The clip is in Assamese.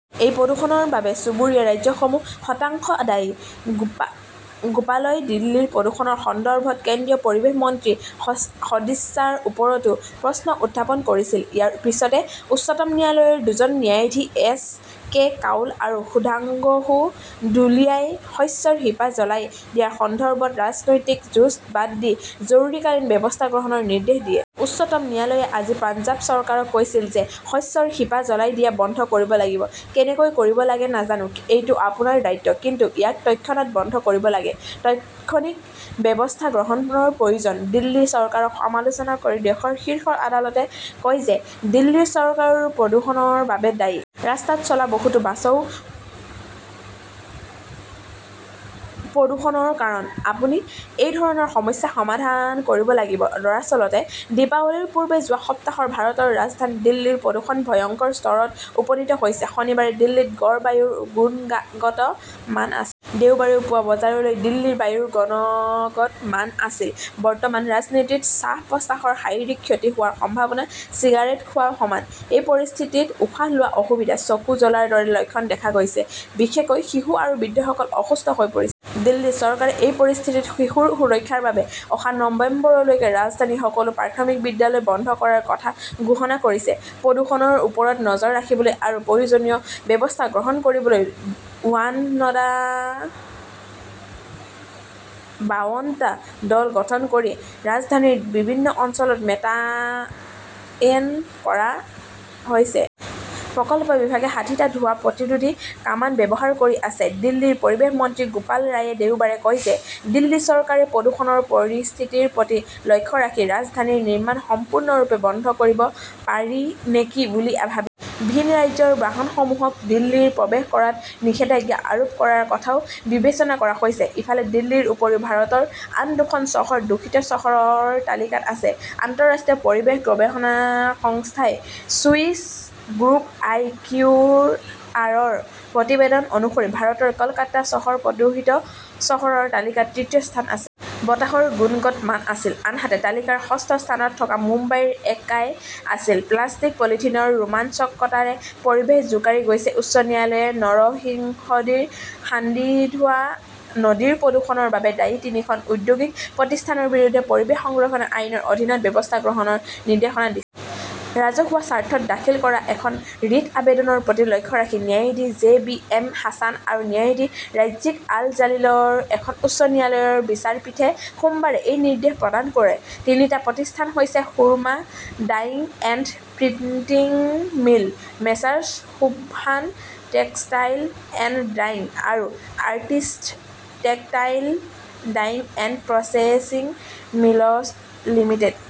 এই প্ৰদূষণৰ বাবে চুবুৰীয়া ৰাজ্যসমূহ শতাংশ দায়ী। গোপালই দিল্লীৰ প্ৰদূষণৰ সন্দৰ্ভত কেন্দ্ৰীয় পৰিৱেশ মন্ত্ৰীৰ সদিচ্ছাৰ ওপৰতো প্ৰশ্ন উত্থাপন কৰিছিল। ইয়াৰ পিছতে উচ্চতম ন্যায়ালয়ৰ দুজন ন্যায়াধীশ এছ কে কাউল আৰু সুধাংশু ধুলিয়াই শস্যৰ শিপা জ্বলাই দিয়াৰ সন্দৰ্ভত ৰাজনৈতিক যুঁজ বাদ দি জৰুৰীকালীন ব্যৱস্থা গ্ৰহণৰ নিৰ্দেশ দিয়ে। উচ্চতম ন্যায়ালয়ে আজি পঞ্জাৱ চৰকাৰক কৈছিল যে শস্যৰ শিপা জ্বলাই দিয়া বন্ধ কৰিব লাগিব। কেনেকৈ কৰিব লাগে নাজানো। এইটো আপোনাৰ দায়িত্ব। কিন্তু ইয়াক তৎক্ষণাত বন্ধ কৰিব লাগে। তাৎক্ষণিক ব্যৱস্থা গ্ৰহণৰ প্ৰয়োজন। দিল্লী চৰকাৰক সমালোচনা কৰি দেশৰ শীৰ্ষ আদালতে কয় যে দিল্লী চৰকাৰো প্ৰদূষণৰ বাবে দায়ী। ৰাস্তাত চলা বহুতো বাছও প্ৰদূষণৰ কাৰণ। আপুনি এই ধৰণৰ সমস্যা সমাধান কৰিব লাগিব। দৰাচলতে, দীপাৱলীৰ পূৰ্বে যোৱা সপ্তাহত ভাৰতৰ ৰাজধানী দিল্লীৰ প্ৰদূষণ ভয়ংকৰ স্তৰত উপনীত হৈছে। শনিবাৰে দিল্লীৰ গড় বায়ুৰ গুণগত মান আছিল। দেওবাৰে পুৱা বজালৈকে দিল্লীৰ বায়ুৰ গুণগত মান আছিল। বৰ্তমান ৰাজধানীত শ্বাস-প্ৰশ্বাসত শাৰীৰিক ক্ষতি হোৱাৰ সম্ভাৱনা চিগাৰেট খোৱাৰ সমান। এই পৰিস্থিতিত উশাহ লোৱাত অসুবিধা, চকু জ্বলাৰ দৰে লক্ষণ দেখা গৈছে। বিশেষকৈ শিশু আৰু বৃদ্ধসকল অসুস্থ হৈ পৰিছে। দিল্লী চৰকাৰে এই পৰিস্থিতিত শিশুৰ সুৰক্ষাৰ বাবে অহা নৱেম্বৰলৈকে ৰাজধানীৰ সকলো প্ৰাথমিক বিদ্যালয় বন্ধ কৰাৰ কথা ঘোষণা কৰিছে। প্ৰদূষণৰ ওপৰত নজৰ ৰাখিবলৈ আৰু প্ৰয়োজনীয় ব্যৱস্থা গ্ৰহণ কৰিবলৈ বাৱনটা দল গঠন কৰি ৰাজধানীৰ বিভিন্ন অঞ্চলত মোতায়েন কৰা হৈছে। প্ৰকল্প বিভাগে ষাঠিটা ধোঁৱা প্ৰতিৰোধী কামান ব্যৱহাৰ কৰি আছে। দিল্লীৰ পৰিৱেশ মন্ত্ৰী গোপাল ৰায়ে দেওবাৰে কয় যে দিল্লী চৰকাৰে প্ৰদূষণৰ পৰিস্থিতিৰ প্ৰতি লক্ষ্য ৰাখি ৰাজধানীত নিৰ্মাণ সম্পূৰ্ণৰূপে বন্ধ কৰিব পাৰি নেকি বুলি ভাবিছে। ভিন ৰাজ্যৰ বাহনসমূহক দিল্লীত প্ৰৱেশ কৰাত নিষেধাজ্ঞা আৰোপ কৰাৰ কথাও বিবেচনা কৰা হৈছে। ইফালে, দিল্লীৰ উপৰিও ভাৰতৰ আন দুখন চহৰ দূষিত চহৰৰ তালিকাত আছে। আন্তঃৰাষ্ট্ৰীয় পৰিৱেশ গৱেষণা সংস্থা চুইচ গ্ৰুপ আই কিউএআৰৰ প্ৰতিবেদন অনুসৰি ভাৰতৰ কলকাতা চহৰ প্ৰদূষিত চহৰৰ তালিকাত তৃতীয় স্থানত আছে। বতাহৰ গুণগত মান আছিল। আনহাতে তালিকাৰ ষষ্ঠ স্থানত থকা মুম্বাইৰ একআই আছিল। প্লাষ্টিক-পলিথিনৰ ৰোমাঞ্চকৰতাৰে পৰিৱেশ জোকাৰি গৈছে উচ্চ ন্যায়ালয়ে নৰসিংডীৰ হাণ্ডিধোৱা নদীৰ প্ৰদূষণৰ বাবে দায়ী তিনিখন ঔদ্যোগিক প্ৰতিষ্ঠানৰ বিৰুদ্ধে পৰিৱেশ সংৰক্ষণ আইনৰ অধীনত ব্যৱস্থা গ্ৰহণৰ নিৰ্দেশ দিছে। ৰাজহুৱা স্বাৰ্থত দাখিল কৰা এখন ৰিট আবেদনৰ প্ৰতি লক্ষ্য ৰাখি ন্যায়াধীশ জে বি এম হাছান আৰু ন্যায়াধীশ ৰাজিক আল জালিলৰ এখন উচ্চ ন্যায়ালয়ৰ বিচাৰপীঠে সোমবাৰে এই নিৰ্দেশ প্ৰদান কৰে। তিনিটা প্ৰতিষ্ঠান হৈছে-সুৰমা dyeing and printing mill, Messrs Sobhan textile and dyeing আৰু artist textile dyeing and processing mills limited.